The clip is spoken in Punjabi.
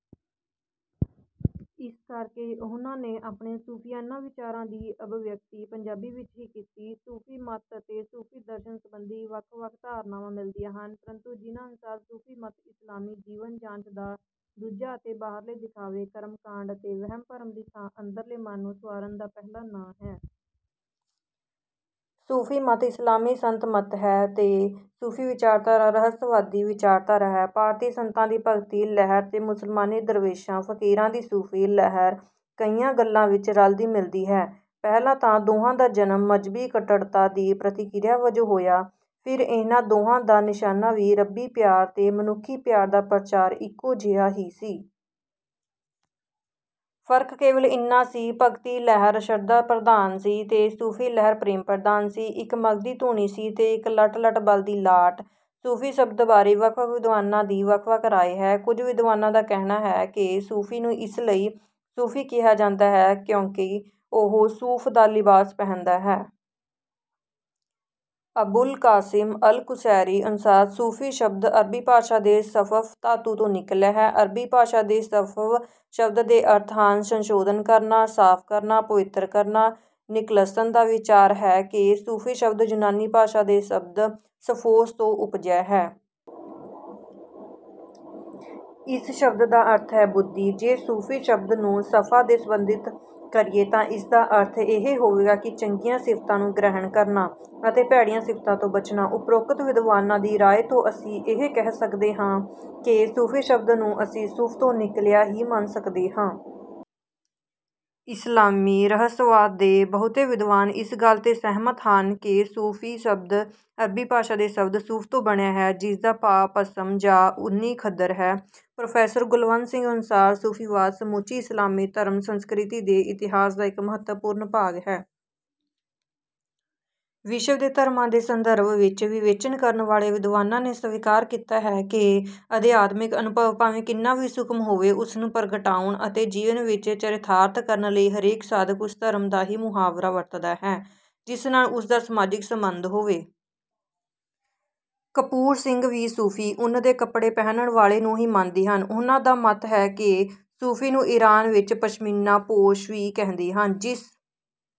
ਇਸ ਕਰਕੇ ਉਹਨਾਂ ਨੇ ਆਪਣੇ ਸੂਫ਼ੀਆਨਾ ਵਿਚਾਰਾਂ ਦੀ ਅਭਿਵਿਅਕਤੀ ਪੰਜਾਬੀ ਵਿੱਚ ਹੀ ਕੀਤੀ। ਸੂਫ਼ੀ ਮਤ ਅਤੇ ਸੂਫ਼ੀ ਦਰਸ਼ਨ ਸੰਬੰਧੀ ਭਾਵੇਂ ਵੱਖ-ਵੱਖ ਧਾਰਨਾਵਾਂ ਮਿਲਦੀਆਂ ਹਨ, ਪ੍ਰੰਤੂ ਜਿਨ੍ਹਾਂ ਅਨੁਸਾਰ ਸੂਫ਼ੀ ਮਤ ਇਸਲਾਮੀ ਜੀਵਨ-ਜਾਂਚ ਦਾ ਦੂਜਾ ਅਤੇ ਬਾਹਰਲੇ ਦਿਖਾਵੇ, ਕਰਮਕਾਂਡ ਅਤੇ ਵਹਿਮ-ਭਰਮ ਦੀ ਥਾਂ ਅੰਦਰਲੇ ਮਨ ਨੂੰ ਸੁਆਰਨ ਦਾ ਪਹਿਲਾ ਨਾਂ ਹੈ। "ਸੂਫ਼ੀ ਮਤ ਇਸਲਾਮੀ ਸੰਤ ਮਤ ਹੈ ਤੇ ਸੂਫ਼ੀ ਵਿਚਾਰਧਾਰਾ ਰਹੱਸਵਾਦੀ ਵਿਚਾਰਧਾਰਾ ਹੈ।" ਭਾਰਤੀ ਸੰਤਾਂ ਦੀ ਭਗਤੀ ਲਹਿਰ ਤੇ ਮੁਸਲਮਾਨੀ ਦਰਵੇਸ਼ਾਂ, ਫ਼ਕੀਰਾਂ ਦੀ ਸੂਫ਼ੀ ਲਹਿਰ ਕਈਆਂ ਗੱਲਾਂ ਵਿੱਚ ਰਲਦੀ-ਮਿਲਦੀ ਹੈ। ਪਹਿਲਾਂ ਤਾਂ ਦੋਹਾਂ ਦਾ ਜਨਮ ਮਜ਼੍ਹਬੀ ਕੱਟੜਤਾ ਦੀ ਪ੍ਰਤੀਕ੍ਰਿਆ ਵਜੋਂ ਹੋਇਆ, ਫਿਰ ਇਹਨਾਂ ਦੋਹਾਂ ਦਾ ਨਿਸ਼ਾਨਾ ਵੀ ਰੱਬੀ ਪਿਆਰ ਤੇ ਮਨੁੱਖੀ ਪਿਆਰ ਦਾ ਪ੍ਰਚਾਰ ਇੱਕੋ ਜਿਹਾ ਹੀ ਸੀ। ਫ਼ਰਕ ਕੇਵਲ ਇੰਨਾ ਸੀ, ਭਗਤੀ ਲਹਿਰ ਸ਼ਰਧਾ-ਪ੍ਰਧਾਨ ਸੀ ਤੇ ਸੂਫ਼ੀ ਲਹਿਰ ਪ੍ਰੇਮ-ਪ੍ਰਧਾਨ ਸੀ। ਇੱਕ ਮਘਦੀ ਧੂਣੀ ਸੀ ਤੇ ਇੱਕ ਲਟ-ਲਟ ਬਲਦੀ ਲਾਟ। ਸੂਫ਼ੀ ਸ਼ਬਦ ਬਾਰੇ ਵੱਖ-ਵੱਖ ਵਿਦਵਾਨਾਂ ਦੀ ਵੱਖ-ਵੱਖ ਰਾਇ ਹੈ। ਕੁਝ ਵਿਦਵਾਨਾਂ ਦਾ ਕਹਿਣਾ ਹੈ ਕਿ 'ਸੂਫ਼ੀ' ਨੂੰ ਇਸ ਲਈ 'ਸੂਫ਼ੀ' ਕਿਹਾ ਜਾਂਦਾ ਹੈ ਕਿਉਂਕਿ ਉਹ ਸੂਫ਼ ਦਾ ਲਿਬਾਸ ਪਹਿਨਦਾ ਹੈ। ਅਬੁਲ ਕਾਸਿਮ ਅਲ-ਕੁਸ਼ੈਰੀ ਅਨੁਸਾਰ ਸੂਫ਼ੀ ਸ਼ਬਦ ਅਰਬੀ ਭਾਸ਼ਾ ਦੇ ਸਫ਼ਵ ਧਾਤੂ ਤੋਂ ਨਿਕਲਿਆ ਹੈ। ਅਰਬੀ ਭਾਸ਼ਾ ਦੇ ਸਫ਼ਵ ਸ਼ਬਦ ਦੇ ਅਰਥ ਹਨ - ਸੰਸ਼ੋਧਨ ਕਰਨਾ, ਸਾਫ਼ ਕਰਨਾ, ਪਵਿੱਤਰ ਕਰਨਾ। ਨਿਕਲਸਨ ਦਾ ਵਿਚਾਰ ਹੈ ਕਿ ਸੂਫ਼ੀ ਸ਼ਬਦ ਯੂਨਾਨੀ ਭਾਸ਼ਾ ਦੇ ਸ਼ਬਦ 'ਸੋਫ਼ੋਸ' ਤੋਂ ਉਪਜਿਆ ਹੈ। ਇਸ ਸ਼ਬਦ ਦਾ ਅਰਥ ਹੈ 'ਬੁੱਧੀ'। ਜੇ ਸੂਫ਼ੀ ਸ਼ਬਦ ਨੂੰ 'ਸ਼ਫ਼ਾ' ਦੇ ਨਾਲ ਸਬੰਧਿਤ ਕਰੀਏ ਤਾਂ ਇਸ ਦਾ ਅਰਥ ਇਹ ਹੋਵੇਗਾ ਕਿ ਚੰਗੀਆਂ ਸਿਫ਼ਤਾਂ ਨੂੰ ਗ੍ਰਹਿਣ ਕਰਨਾ ਅਤੇ ਭੈੜੀਆਂ ਸਿਫ਼ਤਾਂ ਤੋਂ ਬਚਣਾ। ਉਪਰੋਕਤ ਵਿਦਵਾਨਾਂ ਦੀ ਰਾਇ ਤੋਂ ਅਸੀਂ ਇਹ ਕਹਿ ਸਕਦੇ ਹਾਂ ਕਿ ਸੂਫ਼ੀ ਸ਼ਬਦ ਨੂੰ ਅਸੀਂ 'ਸੂਫ਼' ਤੋਂ ਨਿਕਲਿਆ ਹੀ ਮੰਨ ਸਕਦੇ ਹਾਂ। "ਇਸਲਾਮੀ ਰਹੱਸਵਾਦ ਦੇ ਬਹੁਤੇ ਵਿਦਵਾਨ ਇਸ ਗੱਲ 'ਤੇ ਸਹਿਮਤ ਹਨ ਕਿ 'ਸੂਫ਼ੀ' ਸ਼ਬਦ ਅਰਬੀ ਭਾਸ਼ਾ ਦੇ ਸ਼ਬਦ 'ਸੂਫ਼' ਤੋਂ ਬਣਿਆ ਹੈ, ਜਿਸ ਦਾ ਭਾਵ ਪਸ਼ਮ ਜਾਂ ਉੱਨੀ ਖੱਦਰ ਹੈ।" ਪ੍ਰੋਫੈਸਰ ਗੁਲਵੰਤ ਸਿੰਘ ਅਨੁਸਾਰ ਸੂਫ਼ੀਵਾਦ ਸਮੁੱਚੀ ਇਸਲਾਮੀ ਧਰਮ-ਸੰਸਕ੍ਰਿਤੀ ਦੇ ਇਤਿਹਾਸ ਦਾ ਇੱਕ ਮਹੱਤਵਪੂਰਨ ਭਾਗ ਹੈ। ਵਿਸ਼ਵ ਦੇ ਧਰਮਾਂ ਦੇ ਸੰਦਰਭ ਵਿੱਚ ਵਿਵੇਚਨ ਕਰਨ ਵਾਲੇ ਵਿਦਵਾਨਾਂ ਨੇ ਸਵੀਕਾਰ ਕੀਤਾ ਹੈ ਕਿ ਅਧਿਆਤਮਿਕ ਅਨੁਭਵ ਭਾਵੇਂ ਕਿੰਨਾ ਵੀ ਸੂਖਮ ਹੋਵੇ, ਉਸ ਨੂੰ ਪ੍ਰਗਟਾਉਣ ਅਤੇ ਜੀਵਨ ਵਿੱਚ ਚਰਿਤਾਰਥ ਕਰਨ ਲਈ ਹਰੇਕ ਸਾਧਕ ਉਸ ਧਰਮ ਦਾ ਹੀ ਮੁਹਾਵਰਾ ਵਰਤਦਾ ਹੈ, ਜਿਸ ਨਾਲ ਉਸ ਦਾ ਸਮਾਜਿਕ ਸਬੰਧ ਹੋਵੇ। ਕਪੂਰ ਸਿੰਘ ਵੀ ਸੂਫ਼ੀ, ਊਨ ਦੇ ਕੱਪੜੇ ਪਹਿਨਣ ਵਾਲੇ ਨੂੰ ਹੀ ਮੰਨਦੇ ਹਨ। ਉਹਨਾਂ ਦਾ ਮੱਤ ਹੈ ਕਿ "ਸੂਫ਼ੀ ਨੂੰ ਈਰਾਨ ਵਿੱਚ 'ਪਸ਼ਮੀਨਾ-ਪੋਸ਼' ਵੀ ਕਹਿੰਦੇ ਹਨ, ਜਿਸ